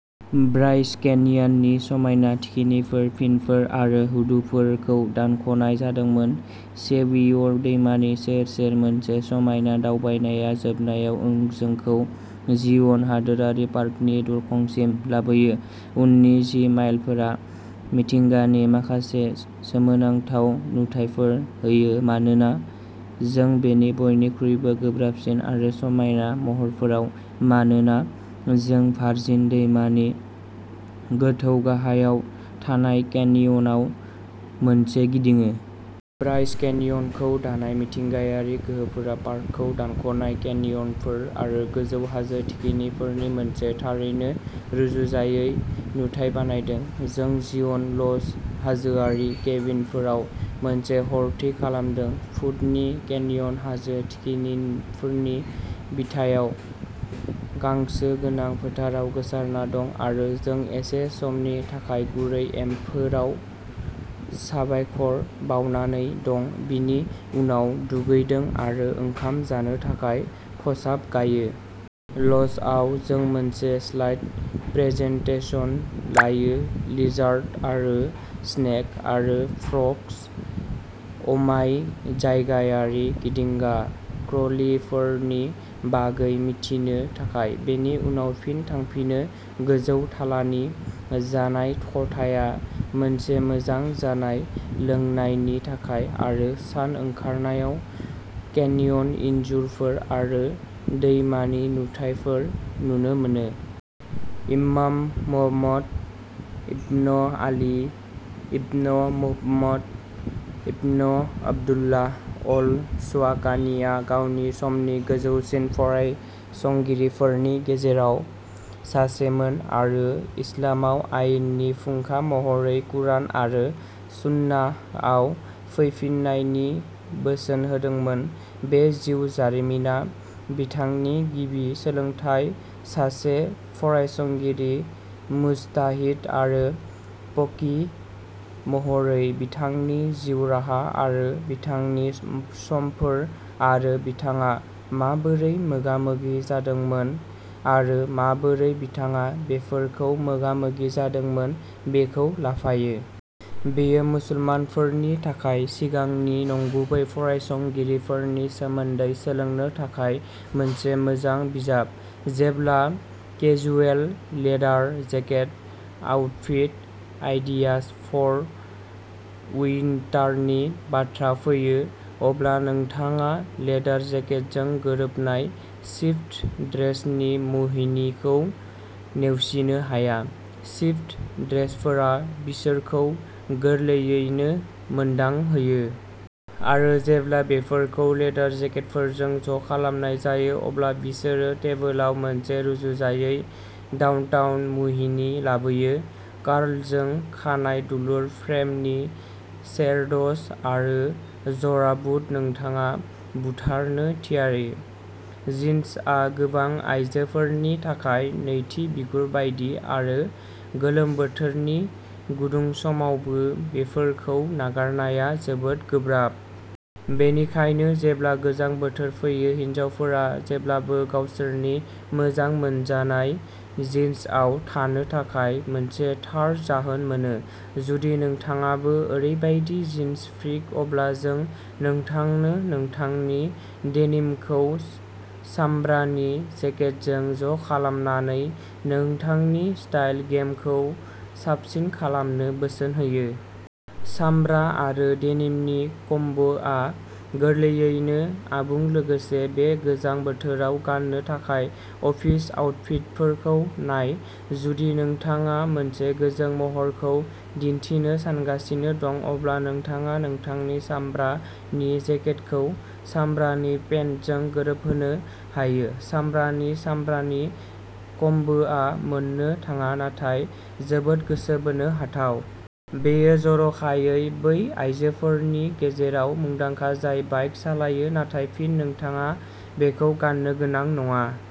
Bryce केनयाननि समायना थिखिनिफोर फिनफोर आरो हुदुफोरखौ दानख'नाय जादोंमोन। सेवियर दैमानि सेर सेर मोनसे समायना दावबायनाया जोबनायाव जोंखौ जिय'न हादोरारि पार्कनि दरखंसिम लाबोयो। उननि जि माइलफोरा मिथिंगानि माखासे सोमोनांथाव नुथायफोर होयो मानोना जों बेनि बयनिख्रुइबो गोब्राबसिन आरो समायना महरफोराव मानोना जों भार्जिन दैमानि गोथौ गाहायाव थानाय केनयनाव मोनसे गिदिङो। ब्राइस केनय'नखौ दानाय मिथिंगायारि गोहोफोरा पार्कखौ दानख'नाय केनय'नफोर आरो गोजौ हाजो थिखिनिफोरनि मोनसे थारैनो रुजुजायै नुथाय बानायदों। जों जिय'न ल'ज हाजोआरि केबिनफोराव मोनसे हर थि खालामदों, फुटनि केनय'न हाजो थिखिनिफोरनि बिथायाव गांसो गोनां फोथाराव गोसारना दं आरो जों एसे समनि थाखाय गुरै एमफोराव साबायखर बावनानै दं बिनि उनाव दुगैदों आरो ओंखाम जानो थाखाय खसाब गायो। ल'जआव जों मोनसे स्लाइड प्रेजेन्टेसन लायो लिजार्ड आरो स्नेक आरो फ्र'ग्स अ'माय जायगायारि गिदिंगा क्र'लिफोरनि बागै मिथिनो थाखाय, बेनि उनाव फिन थांफिनो। गोजौ थालानि जानाय खथाया मोनसे मोजां जानाय लोंनायनि थाखाय आरो सान ओंखारनायाव केन्यन इनजुरफोर आरो दैमानि नुथायफोर नुनो मोनो। इमाम Muhammad ibn Ali ibn Muhammad ibn Abdullah al शवाकानीआ गावनि समनि गोजौसिन फरायसंगिरिफोरनि गेजेराव सासेमोन आरो इस्लामाव आयेननि फुंखा महरै कुरान आरो सुन्नाहआव फैफिन्नायनि बोसोन होदोंमोन। बे जिउ जारिमिना बिथांनि गिबि सोलोंथाय सासे फरायसंगिरि मुजताहिद आरो फकीह महरै बिथांनि जिउ राहा आरो बिथांनि समफोर आरो बिथाङा माबोरै मोगा मोगि जादोंमोन आरो माबोरै बिथाङा बेफोरखौ मोगा मोगि जादोंमोन बेखौ लाफायो। बेयो मुसलमानफोरनि थाखाय सिगांनि नंगुबै फरायसंगिरिफोरनि सोमोन्दै सोलोंनो थाखाय मोनसे मोजां बिजाब। जेब्ला casual leather jacket outfit ideas for उइन्टारनि बाथ्रा फैयो अब्ला नोंथाङा लेदार जेकेटजों गोरोबनाय शिफ्ट ड्रेसनि मुहिनिखौ नेवसिनो हाया। शिफ्ट ड्रेसफोरा बिसोरखौ गोरलैयैनो मोनदांहोयो। आरो जेब्ला बेफोरखौ लेदार जेकेटफोरजों ज'खालामनाय जायो, अब्ला बिसोरो टेबोलाव मोनसे रुजुजायै डाउनटाउन मुहिनि लाबोयो। कार्लजों खानाइ दुलुर फ्रेमनि शेडस आरो जरा बुट नोंथाङा बुथारनो थियारि। जिन्सआ गोबां आइजोफोरनि थाखाय नैथि बिगुर बायदि आरो गोलोम बोथोरनि गुदुं समावबो बेफोरखौ नागारनाया जोबोद गोब्राब। बेनिखायनो, जेब्ला गोजां बोथोर फैयो हिनजावफोरा जेब्लाबो गावसोरनि मोजां मोनजानाय जिन्सआव थानो थाखाय मोनसे थार जाहोन मोनो। जुदि नोंथाङाबो ओरैबायदि जिन्स फ्रिक अब्ला जों नोंथांनो नोंथांनि डेनिमखौ सामब्रानि जेकेटजों ज'खालामनानै नोंथांनि स्टाइल गेमखौ साबसिन खालामनो बोसोन होयो। सामब्रा आरो डेनिमनि कम्बोआ गोरलैयैनो आबुं लोगोसे बे गोजां बोथोराव गान्नो थाखाय अफिस आउटफिटफोरखौ नाय जुदि नोंथाङा मोनसे गोजों महरखौ दिन्थिनो सानगासिनो दं अब्ला नोंथाङा नोंथांनि सामब्रानि जेकेटखौ सामब्रानि पेन्टजों गोरोबहोनो हायो। सामब्रानि सामब्रानि कम्बोआ मोननो थाङा नाथाय जोबोद गोसो बोनो हाथाव। बेयो जर'खायै बै आयजोफोरनि गेजेराव मुंदांखा जाय बाइक सालायो नाथाय फिन नोंथाङा बेखौ गाननो गोनां नङा।